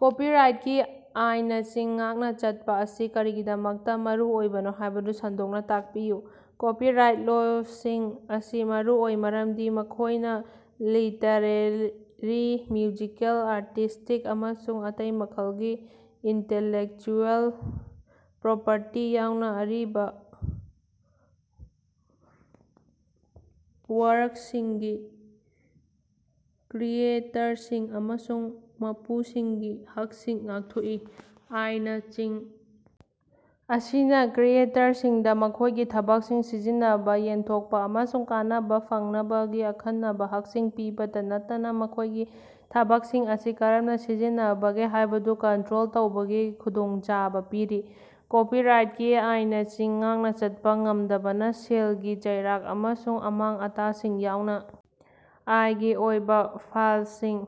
ꯀꯣꯄꯤꯔꯥꯏꯠꯀꯤ ꯑꯥꯏꯅꯁꯤꯡ ꯉꯥꯛꯅ ꯆꯠꯄꯥ ꯑꯁꯤ ꯀꯔꯤꯒꯤꯗꯃꯛꯇꯥ ꯃꯔꯨꯑꯣꯏꯕꯅꯣ ꯍꯥꯏꯕꯗꯨ ꯁꯟꯗꯣꯛꯅꯥ ꯇꯥꯛꯄꯤꯌꯨ꯫ ꯀꯣꯄꯤꯔꯥꯏꯠ ꯂꯣꯁꯤꯡ ꯑꯁꯤ ꯃꯔꯨꯑꯣꯏ ꯃꯔꯝꯗꯤ ꯃꯈꯣꯏꯅꯥ ꯂꯤꯇꯔꯦꯔꯤ, ꯃ꯭ꯌꯨꯖꯤꯀꯦꯜ, ꯑꯥꯔꯇꯤꯁ꯭ꯇꯤꯛ, ꯑꯃꯁꯨꯡ ꯑꯇꯩ ꯃꯈꯜꯒꯤ ꯏꯟꯇꯦꯂꯦꯛꯆꯨꯑꯦꯜ ꯄ꯭ꯔꯣꯄꯔꯇꯤ ꯌꯥꯎꯅ ꯑꯔꯤꯕ ꯋꯥꯔꯛꯁꯤꯡꯒꯤ ꯀ꯭ꯔꯤꯌꯦꯇꯔꯁꯤꯡ ꯑꯃꯁꯨꯡ ꯃꯄꯨꯁꯤꯡꯒꯤ ꯍꯛꯁꯤꯡ ꯉꯥꯛꯊꯣꯛꯏ꯫ ꯑꯥꯏꯅꯁꯤꯡ ꯑꯁꯤꯅ ꯀ꯭ꯔꯤꯌꯦꯇꯔꯁꯤꯡꯗ ꯃꯈꯣꯏꯒꯤ ꯊꯕꯛꯁꯤꯡ ꯁꯤꯖꯤꯟꯅꯕꯥ, ꯌꯦꯟꯊꯣꯛꯄꯥ ꯑꯃꯁꯨꯡ ꯀꯥꯟꯅꯕꯥ ꯐꯪꯅꯕꯒꯤ ꯑꯈꯟꯅꯕꯥ ꯍꯛꯁꯤꯡ ꯄꯤꯕꯇꯥ ꯅꯠꯇꯅꯥ ꯃꯈꯣꯏꯒꯤ ꯊꯕꯛꯁꯤꯡ ꯑꯁꯤ ꯀꯔꯝꯅꯥ ꯁꯤꯖꯤꯟꯅꯕꯒꯦ ꯍꯥꯏꯕꯗꯨ ꯀꯟꯇꯔꯣꯜ ꯇꯧꯕꯒꯤ ꯈꯨꯗꯣꯡꯆꯥꯕ ꯄꯤꯔꯤ꯫ ꯀꯣꯄꯤꯔꯥꯏꯠꯀꯤ ꯑꯥꯏꯅꯁꯤꯡ ꯉꯥꯛꯅꯥ ꯆꯠꯄꯥ ꯉꯝꯗꯕꯅꯥ ꯁꯦꯜꯒꯤ ꯆꯩꯔꯥꯛ ꯑꯃꯁꯨꯡ ꯑꯃꯥꯡ-ꯑꯇꯥꯁꯤꯡ ꯌꯥꯎꯅ ꯑꯥꯏꯒꯤ ꯑꯣꯏꯕꯥ ꯐꯥꯏꯜꯁꯤꯡ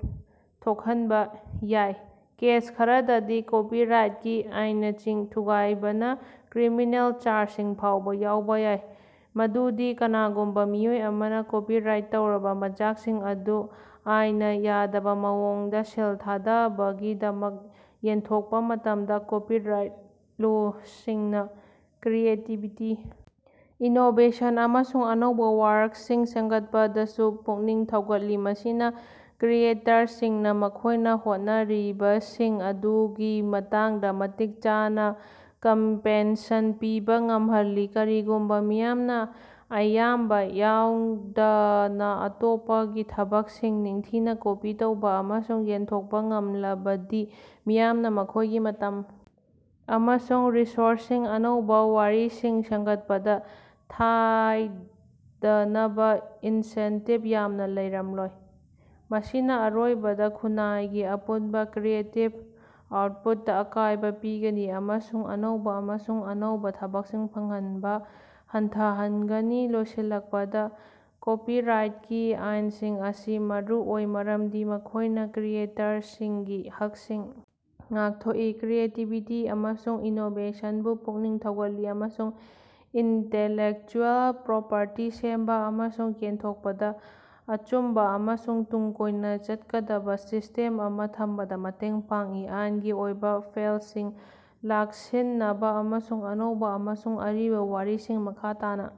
ꯊꯣꯛꯍꯟꯕꯥ ꯌꯥꯏ꯫ ꯀꯦꯁ ꯈꯔꯗꯗꯤ, ꯀꯣꯄꯤꯔꯥꯏꯇꯀꯤ ꯑꯥꯏꯅꯁꯤꯡ ꯊꯨꯒꯥꯏꯕꯅꯥ ꯀ꯭ꯔꯤꯃꯤꯅꯦꯜ ꯆꯥꯔꯖꯁꯤꯡ ꯐꯥꯎꯕ ꯌꯥꯎꯕ ꯌꯥꯏ, ꯃꯗꯨꯗꯤ ꯀꯅꯥꯒꯨꯝꯕ ꯃꯤꯑꯣꯏ ꯑꯃꯅ ꯀꯣꯄꯤꯔꯥꯏꯠ ꯇꯧꯔꯕ ꯃꯆꯥꯛꯁꯤꯡ ꯑꯗꯨ ꯑꯥꯏꯟꯅ ꯌꯥꯗꯕ ꯃꯑꯣꯡꯗ ꯁꯦꯜ ꯊꯥꯗꯕꯒꯤꯗꯃꯛ ꯌꯦꯟꯊꯣꯛꯄꯥ ꯃꯇꯝꯗ꯫ ꯀꯣꯄꯤꯔꯥꯏꯠ ꯂꯣꯁꯤꯡꯅ ꯀ꯭ꯔꯤꯌꯦꯇꯤꯕꯤꯇꯤ, ꯏꯅꯣꯕꯦꯁꯟ, ꯑꯃꯁꯨꯡ ꯑꯅꯧꯕ ꯋꯥꯔꯛꯁꯤꯡ ꯁꯦꯝꯒꯠꯄꯗꯁꯨ ꯄꯨꯛꯅꯤꯡ ꯊꯧꯒꯠꯂꯤ, ꯃꯁꯤꯅ ꯀ꯭ꯔꯤꯌꯦꯇꯔꯁꯤꯡꯅ ꯃꯈꯣꯏꯅ ꯍꯣꯠꯅꯔꯤꯕꯁꯤꯡ ꯑꯗꯨꯒꯤ ꯃꯇꯥꯡꯗ ꯃꯇꯤꯛ ꯆꯥꯅ ꯀꯝꯄꯦꯟꯁꯟ ꯄꯤꯕ ꯉꯝꯍꯜꯂꯤ꯫ ꯀꯔꯤꯒꯨꯝꯕꯥ ꯃꯤꯌꯥꯝꯅ ꯑꯌꯥꯝꯕ ꯌꯥꯎꯗꯅ ꯑꯇꯣꯞꯄꯒꯤ ꯊꯕꯛꯁꯤꯡ ꯅꯤꯡꯊꯤꯅ ꯀꯣꯄꯤ ꯇꯧꯕ ꯑꯃꯁꯨꯡ ꯌꯦꯟꯊꯣꯛꯄ ꯉꯝꯂꯕꯗꯤ ꯃꯤꯌꯥꯝꯅ ꯃꯈꯣꯏꯒꯤ ꯃꯇꯝ ꯑꯃꯁꯨꯡ ꯔꯤꯁꯣꯔꯁꯁꯤꯡ ꯑꯅꯧꯕ ꯋꯥꯔꯤꯁꯤꯡ ꯁꯦꯝꯒꯠꯄꯗꯥ ꯊꯥꯗꯅꯕꯥ ꯏꯟꯁꯦꯟꯇꯤꯕ ꯌꯥꯝꯅ ꯂꯩꯔꯝꯂꯣꯏ꯫ ꯃꯁꯤꯅ ꯑꯔꯣꯏꯕꯗꯥ ꯈꯨꯟꯅꯥꯏꯒꯤ ꯑꯄꯨꯟꯕꯥ ꯀ꯭ꯔꯤꯌꯦꯇꯤꯕ ꯑꯥꯎꯠꯄꯨꯠꯇ ꯑꯀꯥꯏꯕ ꯄꯤꯒꯅꯤ ꯑꯃꯁꯨꯡ ꯑꯅꯧꯕ ꯑꯃꯁꯨꯡ ꯑꯅꯧꯕ ꯊꯕꯛꯁꯤꯡ ꯐꯪꯍꯟꯕ ꯍꯟꯊꯍꯟꯒꯅꯤ꯫ ꯂꯣꯏꯁꯤꯜꯂꯛꯄꯗ, ꯀꯣꯄꯤꯔꯥꯏꯠꯀꯤ ꯑꯥꯏꯟꯁꯤꯡ ꯑꯁꯤ ꯃꯔꯨꯑꯣꯏ ꯃꯔꯝꯗꯤ ꯃꯈꯣꯏꯅ ꯀ꯭ꯔꯤꯌꯦꯇꯔꯁꯤꯡꯒꯤ ꯍꯛꯁꯤꯡ ꯉꯥꯛꯊꯣꯛꯏ, ꯀ꯭ꯔꯤꯌꯦꯇꯤꯕꯤꯇꯤ ꯑꯃꯁꯨꯡ ꯏꯅꯣꯕꯦꯁꯟꯕꯨ ꯄꯨꯛꯅꯤꯡ ꯊꯧꯒꯠꯂꯤ, ꯑꯃꯁꯨꯡ ꯏꯟꯇꯦꯂꯦꯛꯆꯨꯑꯦꯜ ꯄ꯭ꯔꯣꯄꯔꯇꯤ ꯁꯦꯝꯕꯥ ꯑꯃꯁꯨꯡ ꯌꯦꯟꯊꯣꯛꯄꯗ ꯑꯆꯨꯝꯕ ꯑꯃꯁꯨꯡ ꯇꯨꯡ ꯀꯣꯏꯅ ꯆꯠꯀꯗꯕꯥ ꯁꯤꯁ꯭ꯇꯦꯝ ꯑꯃ ꯊꯝꯕꯗꯥ ꯃꯇꯦꯡ ꯄꯥꯡꯏ꯫ ꯑꯥꯏꯟꯒꯤ ꯑꯣꯏꯕ ꯐꯦꯜꯁꯤꯡ ꯂꯥꯛꯁꯤꯟꯅꯕꯥ ꯑꯃꯁꯨꯡ ꯑꯅꯧꯕ ꯑꯃꯁꯨꯡ ꯑꯔꯤꯕ ꯋꯥꯔꯤꯁꯤꯡ ꯃꯈꯥ ꯇꯥꯅ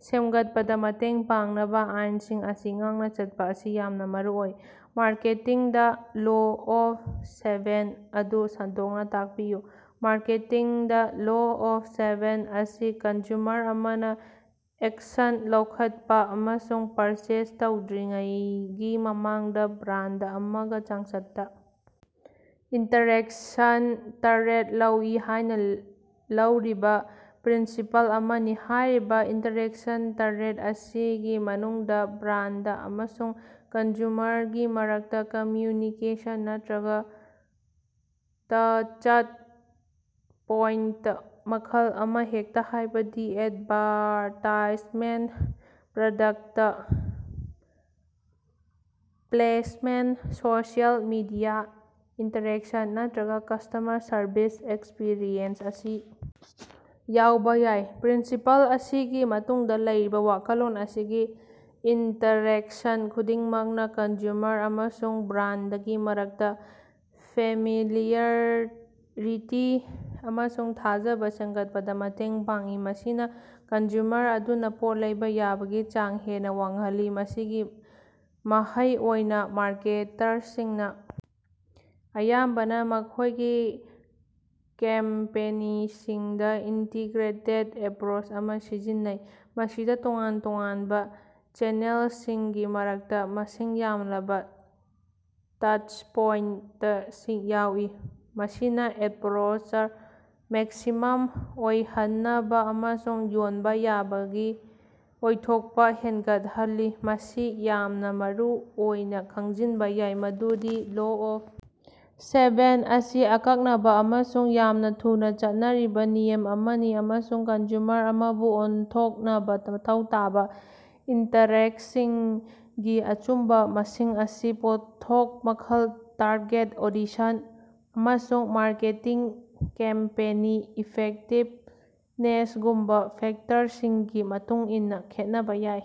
ꯁꯦꯝꯒꯠꯄꯗꯥ ꯃꯇꯦꯡ ꯄꯥꯡꯅꯕꯥ ꯑꯥꯏꯟꯁꯤꯡ ꯑꯁꯤ ꯉꯥꯛꯅ ꯆꯠꯄꯥ ꯑꯁꯤ ꯌꯥꯝꯅ ꯃꯔꯨꯑꯣꯏ꯫ ꯃꯥꯔꯀꯦꯇꯤꯡꯗꯥ ꯂꯣ ꯑꯣꯐ ꯁꯦꯚꯦꯟ ꯑꯗꯨ ꯁꯟꯗꯣꯛꯅ ꯇꯥꯛꯄꯤꯌꯨ꯫ ꯃꯥꯔꯀꯦꯇꯤꯡꯗꯥ ꯂꯣ ꯑꯣꯐ ꯁꯦꯚꯦꯟ ꯑꯁꯤ ꯀꯟꯖꯨꯃꯔ ꯑꯃꯅ ꯑꯦꯛꯁꯟ ꯂꯧꯈꯠꯄꯥ ꯑꯃꯁꯨꯡ ꯄꯔꯆꯦꯖ ꯇꯧꯗ꯭ꯔꯤꯉꯩꯒꯤ ꯃꯃꯥꯡꯗ ꯕ꯭ꯔꯥꯟꯗ ꯑꯃꯒ ꯆꯥꯡꯆꯠꯇꯥ ꯏꯟꯇꯔꯦꯛꯁꯟ ꯇꯔ‌ꯦꯠ ꯂꯧꯏ ꯍꯥꯏꯅꯥ ꯂꯧꯔꯤꯕꯥ ꯄ꯭ꯔꯤꯟꯁꯤꯄꯜ ꯑꯃꯅꯤ꯫ ꯍꯥꯏꯔꯤꯕꯥ ꯏꯟꯇꯔꯦꯛꯁꯟ ꯇꯔ‌ꯦꯠ ꯑꯁꯤꯒꯤ ꯃꯅꯨꯡꯗꯥ ꯕ꯭ꯔꯥꯟꯗ ꯑꯃꯁꯨꯡ ꯀꯟꯖꯨꯃꯔꯒꯤ ꯃꯔꯛꯇꯥ ꯀꯝꯃꯌꯨꯅꯤꯀꯦꯁꯟ ꯅꯠꯇꯔꯒ ꯇꯁꯠꯄꯣꯏꯟꯇ ꯃꯈꯜ ꯑꯃꯍꯦꯛꯇ, ꯍꯥꯏꯕꯗꯤ advertisement, product placement, social media interaction ꯅꯠꯇꯔꯒ ꯀꯁ꯭ꯇꯃꯔ ꯁꯔꯚꯤꯁ ꯑꯦꯛꯁꯄꯤꯔꯤꯑꯦꯟꯁ ꯑꯁꯤ ꯌꯥꯎꯕ ꯌꯥꯏ꯫ ꯄ꯭ꯔꯤꯟꯁꯤꯄꯜ ꯑꯁꯤꯒꯤ ꯃꯇꯨꯡꯗꯥ ꯂꯩꯔꯤꯕ ꯋꯥꯈꯜꯂꯣꯟ ꯑꯁꯤꯒꯤ ꯏꯟꯇꯔꯦꯛꯁꯟ ꯈꯨꯗꯤꯡꯃꯛꯅꯥ ꯀꯟꯖꯨꯃꯔ ꯑꯃꯁꯨꯡ ꯕ꯭ꯔꯥꯟꯗꯒꯤ ꯃꯔꯛꯇꯥ ꯐꯦꯃꯤꯂꯤꯌꯔꯤꯇꯤ ꯑꯃꯁꯨꯡ ꯊꯥꯖꯕ ꯁꯦꯝꯒꯠꯄꯗꯥ ꯃꯇꯦꯡ ꯄꯥꯡꯏ, ꯃꯁꯤꯅ ꯀꯟꯖꯨꯃꯔ ꯑꯗꯨꯅ ꯄꯣꯠ ꯂꯩꯕ ꯌꯥꯕꯒꯤ ꯆꯥꯡ ꯍꯦꯟꯅꯥ ꯋꯥꯡꯍꯜꯂꯤ꯫ ꯃꯁꯤꯒꯤ ꯃꯍꯩ ꯑꯣꯏꯅꯥ, ꯃꯥꯔꯀꯦꯇꯔꯁꯤꯡꯅꯥ ꯑꯌꯥꯝꯕꯅ ꯃꯈꯣꯏꯒꯤ ꯀꯦꯝꯄꯦꯅꯤꯁꯤꯡꯗꯥ ꯏꯟꯇꯤꯒ꯭ꯔꯦꯇꯦꯠ ꯑꯦꯄꯔꯣꯆ ꯑꯃ ꯁꯤꯖꯤꯟꯅꯩ, ꯃꯁꯤꯗꯥ ꯇꯣꯉꯥꯟ ꯇꯣꯉꯥꯟꯕ ꯆꯦꯅꯦꯜꯁꯤꯡꯒꯤ ꯃꯔꯛꯇ ꯃꯁꯤꯡ ꯌꯥꯝꯂꯕ ꯇꯁꯠꯄꯣꯏꯟꯇꯁꯤꯡ ꯌꯥꯎꯏ, ꯃꯁꯤꯅ ꯑꯦꯛꯁꯄꯣꯖꯔ ꯃꯦꯛꯁꯤꯃꯝ ꯑꯣꯏꯍꯟꯅꯕꯥ ꯑꯃꯁꯨꯡ ꯌꯣꯟꯕꯥ ꯌꯥꯕꯒꯤ ꯑꯣꯏꯊꯣꯛꯄ ꯍꯦꯒꯠꯍꯜꯂꯤ꯫ ꯃꯁꯤ ꯌꯥꯝꯅꯥ ꯃꯔꯨꯑꯣꯏꯅꯥ ꯈꯪꯖꯤꯟꯕꯥ ꯌꯥꯏ ꯃꯗꯨꯗꯤ ꯂꯣ ꯑꯣꯐ ꯁꯦꯚꯦꯟ ꯑꯁꯤ ꯑꯀꯛꯅꯕꯥ ꯑꯃꯁꯨꯡ ꯌꯥꯝꯅ ꯊꯨꯅꯥ ꯆꯠꯅꯔꯤꯕ ꯅꯤꯌꯝ ꯑꯃꯅꯤ ꯑꯃꯁꯨꯡ ꯀꯟꯖꯨꯃꯔ ꯑꯃꯕꯨ ꯑꯣꯟꯊꯣꯛꯅꯕꯥ ꯃꯊꯧ ꯇꯥꯕ ꯏꯟꯇꯔꯦꯛꯁꯤꯡꯒꯤ ꯑꯆꯨꯝꯕꯥ ꯃꯁꯤꯡ ꯑꯁꯤ ꯄꯣꯠꯊꯣꯛ ꯃꯈꯜ, ꯇꯥꯔꯒꯦꯠ ꯑꯣꯗꯤꯁꯟ, ꯑꯃꯁꯨꯡ ꯃꯥꯔꯀꯦꯇꯤꯡ ꯀꯦꯝꯄꯦꯅꯤ ꯏꯐꯦꯛꯇꯤꯕꯅꯦꯁꯒꯨꯝꯕꯥ ꯐꯦꯛꯇꯔꯁꯤꯡꯒꯤ ꯃꯇꯨꯡ ꯏꯟꯅꯥ ꯈꯦꯠꯅꯕꯥ ꯌꯥꯏ꯫